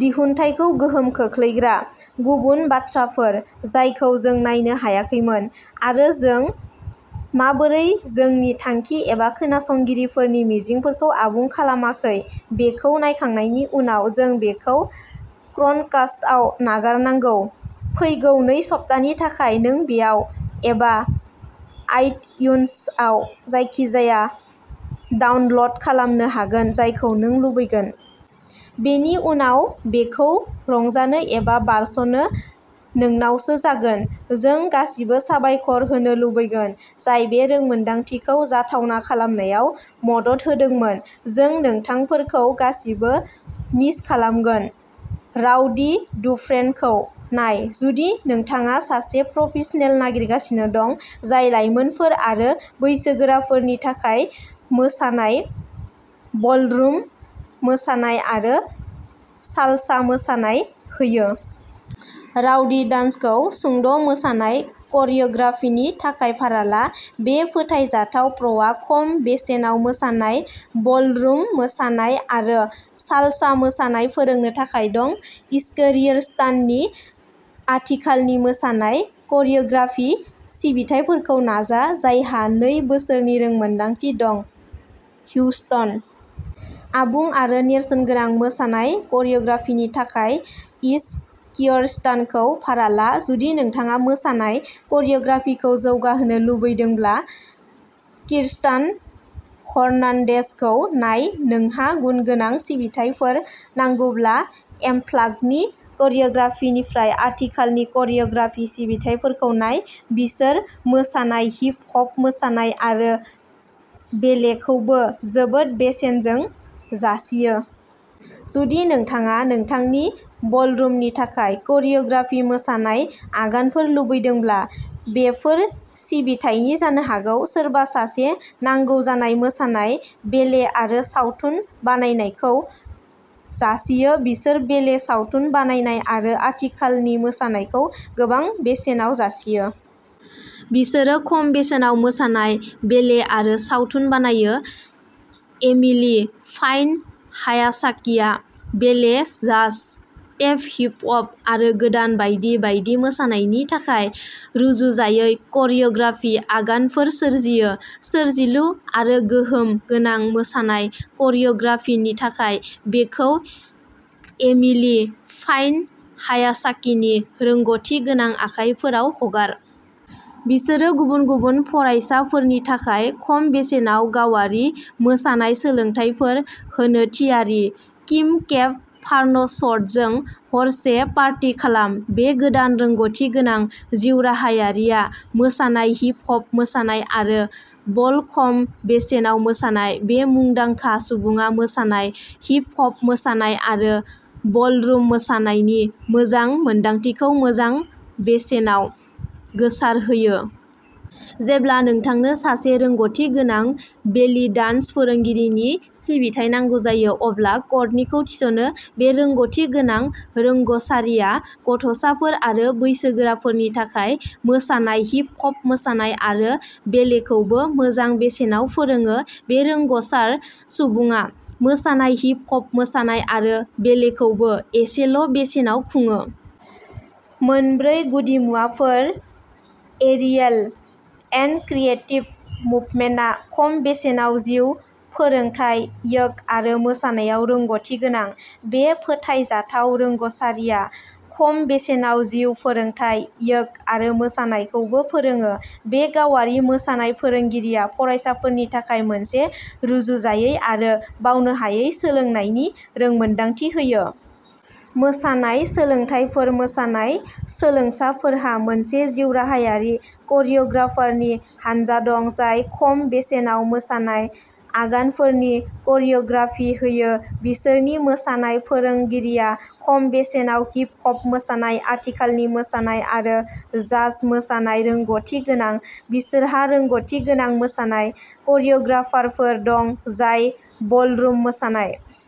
दिहुनथायखौ गोहोम खोख्लैग्रा गुबुन बाथ्राफोर जायखौ जों नायनो हायाखैमोन। आरो जों माबोरै जोंनि थांखि एबा खोनासंगिरिफोरनि मिजिंफोरखौ आबुं खालामाखै बेखौ नायखांनायनि उनाव, जों बेखौ क्रनकास्टआव नागारनांगौ। फैगौ नै सप्तानि थाखाय नों बेयाव एबा आइट्युन्सआव जायखिजाया डाउनल'ड खालामनो हागोन जायखौ नों लुबैगोन। बेनि उनाव बेखौ रंजानो एबा बारस'नो नोंनावसो जागोन। जों गासिबोनो साबायखर होनो लुबैगोन जाय बे रोंमोनदांथिखौ जाथावना खालामनायाव मदद होदोंमोन। जों नोंथांफोरखौ गासिबो मिस खालामगोन। राउडी डुफ्रेनखौ नाय, जुदि नोंथाङा सासे प्रफेशनेल नागिरगासिनो दं जाय लाइमोनफोर आरो बैसोगोराफोरनि थाखाय मोसानाय, बलरुम मोसानाय आरो सालसा मोसानाय होयो। राउडी डान्सखौ सुंद'मोसानाय करिय'ग्राफिनि थाखाय भारा ला। बे फोथायजाथाव प्र'आ खम बेसेनाव मोसानाय, बलरुम मोसानाय आरो सालसा मोसानाय फोरोंनो थाखाय दं। इट्सकियरस्ताननि आथिखालनि मोसानाय करिय'ग्राफि सिबिथाइफोरखौ नाजा, जायहा नै बोसोरनि रोंमोनदांथि दं हिउस्टन आबुं आरो नेरसोनगोनां मोसानाय करिय'ग्राफिनि थाखाय इट्सकियरस्तानखौ भारा ला। जुदि नोंथाङा मोसानाय करिय'ग्राफिखौ जौगाहोनो लुबैदोंब्ला, किरस्तान हर्नान्देजखौ नाय। नोंहा गुनगोनां सिबिथाइफोर नांगौब्ला एमफ्लागनि करिय'ग्राफिनिफ्राय आथिखालनि करिय'ग्राफि सिबिथाइफोरखौ नाय। बिसोर मोसानाय, हिप हप मोसानाय आरो बेलेखौबो जोबोद बेसेनजों जासियो। जुदि नोंथाङा नोंथांनि बलरुमनि थाखाय करिय'ग्राफि मोसानाय आगानफोर लुबैदोंब्ला, बेफोर सिबिथायनि जानो हागौ। सोरबा सासे नांगौ जाय मोसानाय, बेले आरो सावथुन बानायनायखौ जासियो बिसोर बेले, सावथुन बानायनाय आरो आथिखालनि मोसानायखौ गोबां बेसेनाव जासियो। बिसोरो खम बेसेनाव मोसानाय, बेले आरो सावथुन बानायो। एमिलि फाइन-हायासाकिआ बेले, जाज, टेप, हिप-हप आरो गोदान बायदि बायदि मोसानायफोरनि थाखाय रुजुजायै करिय'ग्राफि आगानफोर सोरजियो। सोरजिलु आरो गोहोम गोनां मोसानाय करिय'ग्राफिनि थाखाय बेखौ एमिलि फाइन-हायासाकिनि रोंग'थिगोनां आखाइफोराव हगार। बिसोरो गुबुन गुबुन फरायसाफोरनि थाखाय खम बेसेनाव गावारि मोसानाय सोलोंथायफोर होनो थियारि। किम केब फार्नसवर्थजों हरसे पार्टि खालाम। बे गोदान रोंग'थिगोनां जिउराहायारिआ मोसानाय, हिप हप मोसानाय आरो बल खम बेसेनाव मोसानाय। बे मुंदांखा सुबुङा मोसानाय, हिप हप मोसानाय आरो बलरुम मोसानायनि मोजां मोन्दांथिखौ मोजां बेसेनाव गोसारहोयो। जेब्ला नोंथांनो सासे रोंग'थि गोनां बेलि डान्स फोरोंगिरिनि सिबिथाय नांगौ जायो, अब्ला कर्टनीखौ थिसनो। बे रोंग'थि गोनां रोंग'सारिया गथ'साफोर आरो बैसोगोराफोरनि थाखाय मोसानाय, हिप हप मोसानाय आरो बेलेखौबो मोजां बेसेनाव फोरोङो। बे रोंग'सार सुबुङा मोसानाय, हिप हप मोसानाय आरो बेलेखौबो एसेल'बेसेनाव खुङो। मोनब्रै गुदिमुवाफोर एरियेल एन्ड क्रिएटिभ मुभमेन्टआ खम बेसेनाव जिउ फोरोंथाय य'ग आरो मोसानायाव रोंग'थि गोनां। बे फोथायजाथाव रोंग'सारिया खम बेसेनाव जिउ फोरोंथाय य'ग आरो मोसानायखौबो फोरोङो। बे गावारि मोसानाय फोरोंगिरिया फरायसाफोरनि थाखाय मोनसे रुजुजायै आरो बावनो हायै सोलोंनायनि रोंमोनदांथि होयो। मोसानाय सोलोंथायफोर मोसानाय सोलोंसाफोरहा मोनसे जिउराहायारि करिय'ग्राफारनि हानजा दं जाय खम बेसेनाव मोसानाय आगानफोरनि करिय'ग्राफि होयो। बिसोरनि मोसानाय फोरोंगिरिया खम बेसेनाव हिप हप मोसानाय, आथिखालनि मोसानाय आरो जाज मोसानाय रोंग'थि गोनां। बिसोरहा रोंग'थिगोनां मोसानाय करिय'ग्राफारफोर दं जाय बलरुम मोसानाय